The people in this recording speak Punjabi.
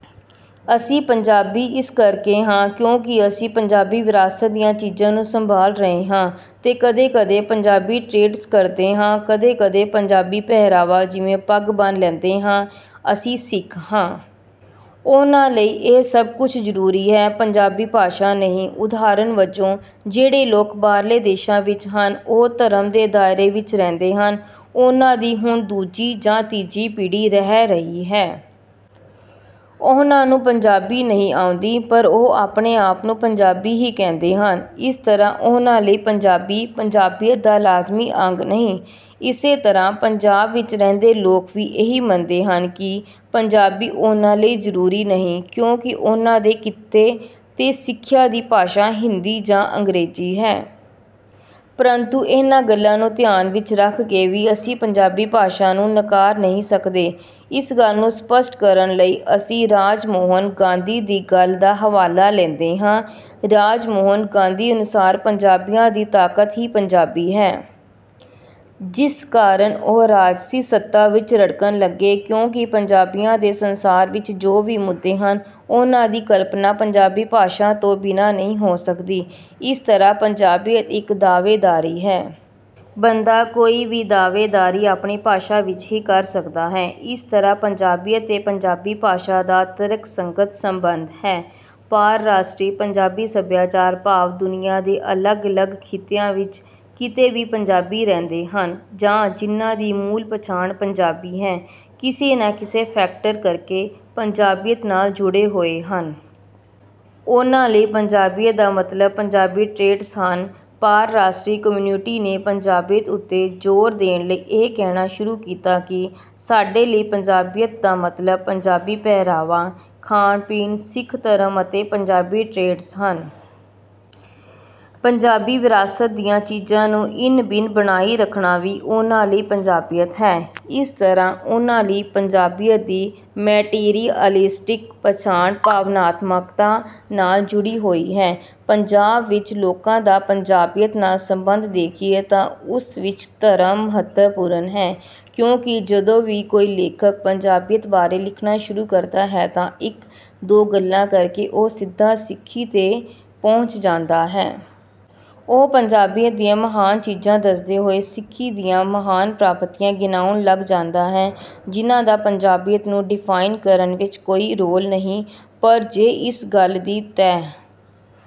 ਅਸੀਂ ਪੰਜਾਬੀ ਇਸ ਕਰਕੇ ਹਾਂ ਕਿਉਂਕਿ ਅਸੀਂ ਪੰਜਾਬੀ ਵਿਰਾਸਤ ਦੀਆਂ ਚੀਜ਼ਾਂ ਨੂੰ ਸੰਭਾਲ ਰਹੇ ਹਾਂ ਤੇ ਕਦੇ ਕਦੇ ਪੰਜਾਬੀ ਟ੍ਰੇਡਸ ਕਰਦੇ ਹਾਂ ਕਦੇ ਕਦੇ ਪੰਜਾਬੀ ਪਹਿਰਾਵਾ ਜਿਵੇਂ ਪੱਗ ਬੰਨ੍ਹ ਲੈਂਦੇ ਹਾਂ। ਅਸੀਂ ਸਿੱਖ ਹਾਂ। ਉਹਨਾਂ ਲਈ ਇਹ ਸਭ ਕੁਝ ਜ਼ਰੂਰੀ ਹੈ ਪੰਜਾਬੀ ਭਾਸ਼ਾ ਨਹੀਂ। ਉਦਾਹਰਨ ਵਜੋਂ ਜਿਹੜੇ ਲੋਕ ਬਾਹਰਲੇ ਦੇਸ਼ਾਂ ਵਿੱਚ ਹਨ ਉਹ ਧਰਮ ਦੇ ਦਾਇਰੇ ਵਿੱਚ ਰਹਿੰਦੇ ਹਨ। ਉਹਨਾਂ ਦੀ ਹੁਣ ਦੂਜੀ ਜਾਂ ਤੀਜੀ ਪੀੜ੍ਹੀ ਰਹਿ ਰਹੀ ਹੈ। ਉਹਨਾਂ ਨੂੰ ਪੰਜਾਬੀ ਨਹੀਂ ਆਉਂਦੀ ਪਰ ਉਹ ਆਪਣੇ ਆਪ ਨੂੰ ਪੰਜਾਬੀ ਹੀ ਕਹਿੰਦੇ ਹਨ। ਇਸ ਤਰ੍ਹਾਂ ਉਹਨਾਂ ਲਈ ਪੰਜਾਬੀ ਪੰਜਾਬੀਅਤ ਦਾ ਲਾਜ਼ਮੀ ਅੰਗ ਨਹੀਂ। ਇਸੇ ਤਰ੍ਹਾਂ ਪੰਜਾਬ ਵਿੱਚ ਰਹਿੰਦੇ ਲੋਕ ਵੀ ਇਹੀ ਮੰਨਦੇ ਹਨ ਕਿ ਪੰਜਾਬੀ ਉਹਨਾਂ ਲਈ ਜ਼ਰੂਰੀ ਨਹੀਂ ਕਿਉਂਕਿ ਉਹਨਾਂ ਦੀ ਕਿੱਤੇ ਤੇ ਸਿੱਖਿਆ ਦੀ ਭਾਸ਼ਾ ਹਿੰਦੀ ਜਾਂ ਅੰਗਰੇਜ਼ੀ ਹੈ। ਪਰੰਤੂ ਇਹਨਾਂ ਗੱਲਾਂ ਨੂੰ ਧਿਆਨ ਵਿੱਚ ਰੱਖ ਕੇ ਵੀ ਅਸੀਂ ਪੰਜਾਬੀ ਭਾਸ਼ਾ ਨੂੰ ਨਕਾਰ ਨਹੀਂ ਸਕਦੇ। ਇਸ ਗੱਲ ਨੂੰ ਸਪੱਸ਼ਟ ਕਰਨ ਲਈ ਅਸੀਂ ਰਾਜ ਮੋਹਨ ਗਾਂਧੀ ਦੀ ਗੱਲ ਦਾ ਹਵਾਲਾ ਲੈਂਦੇ ਹਾਂ। ਰਾਜ ਮੋਹਨ ਗਾਂਧੀ ਅਨੁਸਾਰ ਪੰਜਾਬੀਆਂ ਦੀ ਤਾਕਤ ਹੀ ਪੰਜਾਬੀ ਹੈ। ਜਿਸ ਕਾਰਨ ਉਹ ਰਾਜਸੀ ਸੱਤਾ ਵਿੱਚ ਰੜਕਣ ਲੱਗੇ ਕਿਉਂਕਿ ਪੰਜਾਬੀਆਂ ਦੇ ਸੰਸਾਰ ਵਿੱਚ ਜੋ ਵੀ ਮੁੱਦੇ ਹਨ ਉਹਨਾਂ ਦੀ ਕਲਪਨਾ ਪੰਜਾਬੀ ਭਾਸ਼ਾ ਤੋਂ ਬਿਨਾਂ ਨਹੀਂ ਹੋ ਸਕਦੀ। ਇਸ ਤਰ੍ਹਾਂ ਪੰਜਾਬੀਅਤ ਇੱਕ ਦਾਅਵੇਦਾਰੀ ਹੈ। ਬੰਦਾ ਕੋਈ ਵੀ ਦਾਅਵੇਦਾਰੀ ਆਪਣੀ ਭਾਸ਼ਾ ਵਿੱਚ ਹੀ ਕਰ ਸਕਦਾ ਹੈ। ਇਸ ਤਰ੍ਹਾਂ ਪੰਜਾਬੀਅਤ ਤੇ ਪੰਜਾਬੀ ਭਾਸ਼ਾ ਦਾ ਤਰਕਸੰਗਤ ਸੰਬੰਧ ਹੈ। ਪਾਰਰਾਸ਼ਟਰੀ ਪੰਜਾਬੀ ਸੱਭਿਆਚਾਰ ਭਾਵ ਦੁਨੀਆਂ ਦੇ ਅਲੱਗ ਅਲੱਗ ਖਿੱਤਿਆਂ ਵਿੱਚ ਕਿਤੇ ਵੀ ਪੰਜਾਬੀ ਰਹਿੰਦੇ ਹਨ ਜਾਂ ਜਿਨ੍ਹਾਂ ਦੀ ਮੂਲ ਪਛਾਣ ਪੰਜਾਬੀ ਹੈ ਕਿਸੇ ਨਾ ਕਿਸੇ ਫੈਕਟਰ ਕਰਕੇ ਪੰਜਾਬੀਅਤ ਨਾਲ ਜੁੜੇ ਹੋਏ ਹਨ। ਉਨ੍ਹਾਂ ਲਈ ਪੰਜਾਬੀਅਤ ਦਾ ਮਤਲਬ ਪੰਜਾਬੀ ਟ੍ਰੇਡਸ ਹਨ। ਪਾਰਰਾਸ਼ਟਰੀ ਕਮਿਊਨਿਟੀ ਨੇ ਪੰਜਾਬੀਅਤ ਉੱਤੇ ਜ਼ੋਰ ਦੇਣ ਲਈ ਇਹ ਕਹਿਣਾ ਸ਼ੁਰੂ ਕੀਤਾ ਕਿ ਸਾਡੇ ਲਈ ਪੰਜਾਬੀਅਤ ਦਾ ਮਤਲਬ ਪੰਜਾਬੀ ਪਹਿਰਾਵਾ ਖਾਣ ਪੀਣ ਸਿੱਖ ਧਰਮ ਅਤੇ ਪੰਜਾਬੀ ਟ੍ਰੇਡਸ ਹਨ। ਪੰਜਾਬੀ ਵਿਰਾਸਤ ਦੀਆਂ ਚੀਜ਼ਾਂ ਨੂੰ ਇਨ ਬਿਨ ਬਣਾਈ ਰੱਖਣਾ ਵੀ ਉਨ੍ਹਾਂ ਲਈ ਪੰਜਾਬੀਅਤ ਹੈ। ਇਸ ਤਰ੍ਹਾਂ ਉਨ੍ਹਾਂ ਲਈ ਪੰਜਾਬੀਅਤ ਦੀ ਮੈਟੀਰੀਅਲਿਸਟਿਕ ਪਛਾਣ ਭਾਵਨਾਤਮਕਤਾ ਨਾਲ ਜੁੜੀ ਹੋਈ ਹੈ। ਪੰਜਾਬ ਵਿੱਚ ਲੋਕਾਂ ਦਾ ਪੰਜਾਬੀਅਤ ਨਾਲ ਸੰਬੰਧ ਦੇਖੀਏ ਤਾਂ ਉਸ ਵਿੱਚ ਧਰਮ ਮਹੱਤਵਪੂਰਨ ਹੈ ਕਿਉਂਕਿ ਜਦੋਂ ਵੀ ਕੋਈ ਲੇਖਕ ਪੰਜਾਬੀਅਤ ਬਾਰੇ ਲਿਖਣਾ ਸ਼ੁਰੂ ਕਰਦਾ ਹੈ ਤਾਂ ਇੱਕ ਦੋ ਗੱਲਾਂ ਕਰਕੇ ਉਹ ਸਿੱਧਾ ਸਿੱਖੀ ਤੇ ਪਹੁੰਚ ਜਾਂਦਾ ਹੈ। ਉਹ ਪੰਜਾਬੀਅਤ ਦੀਆਂ ਮਹਾਨ ਚੀਜ਼ਾਂ ਦੱਸਦੇ ਹੋਏ ਸਿੱਖੀ ਦੀਆਂ ਮਹਾਨ ਪ੍ਰਾਪਤੀਆਂ ਗਿਣਾਉਣ ਲੱਗ ਜਾਂਦਾ ਹੈ ਜਿਨ੍ਹਾਂ ਦਾ ਪੰਜਾਬੀਅਤ ਨੂੰ ਡਿਫਾਈਨ ਕਰਨ ਵਿੱਚ ਕੋਈ ਰੋਲ ਨਹੀਂ ਪਰ ਜੇ ਇਸ ਗੱਲ ਦੀ ਤਹਿ